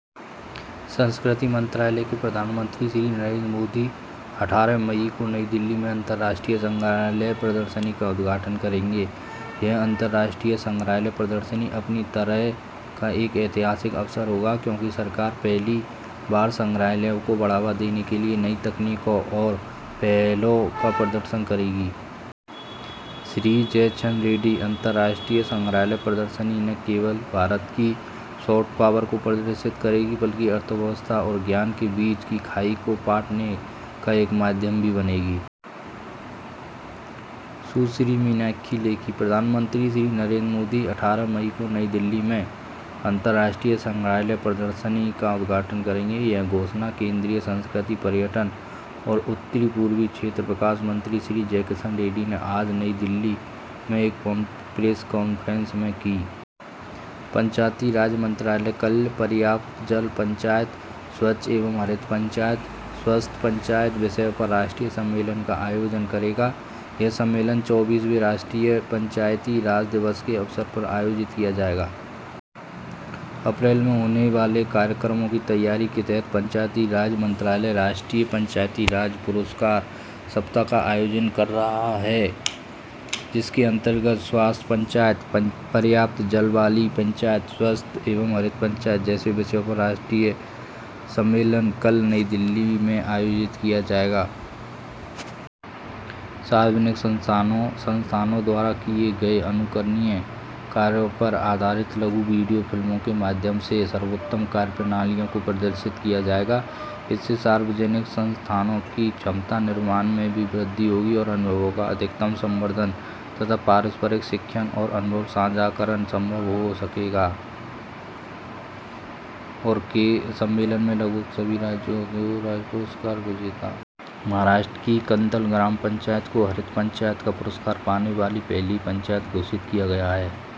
وزارت ثقافت۔ وزیر اعظم جناب نریندر مودی، اٹھارہ مئی کو نئی دہلی میں بین الاقوامی میوزیم نمائش کا افتتاح کریں گے۔ بین الاقوامی میوزیم نمائش اپنی نوعیت کا ایک تاریخی موقع ہوگا، کیونکہ پہلی مرتبہ حکومت میوزیم کے فروغ کے لیے نئی ٹیکنالوجی اور اقدامات کی نمائش کرے گی۔ جناب جی کشن ریڈی۔ بین الاقوامی میوزیم نمائش نہ صرف بھارت کی سافٹ پاور کا اظہار کرے گی بلکہ معیشت اور علم کے درمیان خلیج کو پُر کرنے کے ذریعے کے طور پر بھی کام کرے گی۔ محترمہ میناکشی لیکھی۔ وزیر اعظم جناب نریندر مودی، اٹھارہ مئی کو نئی دہلی میں بین الاقوامی میوزیم نمائش کا افتتاح کریں گے۔ اس کا اعلان آج نئی دہلی میں ثقافت، سیاحت اور شمال مشرقی خطے کی ترقی کے مرکزی وزیر جناب جی کشن ریڈی نے ایک پریس کانفرنس میں کیا۔ پنچایتی راج کی وزارت مناسب پانی کی پنچایت، صاف و شفاف اور سرسبز پنچایت اور صحت مند پنچایت سے متعلق قومی کانفرنس کا کل انعقاد کرے گی۔ قومی یوم پنچایت راج کے چوبیس اپریل کو ہونے والے پروگراموں کی تیاری کی سمت میں پنچایتی راج کی وزارت قومی پنچایتی راج ایوارڈ ہفتہ کا انعقاد کر رہی ہے، جس کے تحت تھیم دو، چار اور پانچ، صحت پنچایت، مناسب پانی پر پنچایت اور صاف و شفاف اور سرسبز پنچایت پر قومی کانفرنس کا کل نئی دہلی میں انعقاد کیا جائے گا۔ پی آر آئی کے ذریعے شروع کیے گئے مثالی کاموں پر مبنی مختصر ویڈیو فلموں میں دکھائے گئے بہترین طور طریقوں کی نمائش کی جائے گی۔ اس سے زیادہ سے زیادہ افزودہ تجربات اور باہمی سیکھ اور تجربات کے اشتراک کے ساتھ پی آر آئی کی صلاحیت سازی میں بھی اضافہ ہوگا۔ سرسبز پنچایت کے لیے مہاراشٹر کے کنڈل گرام پنچایت کو پہلا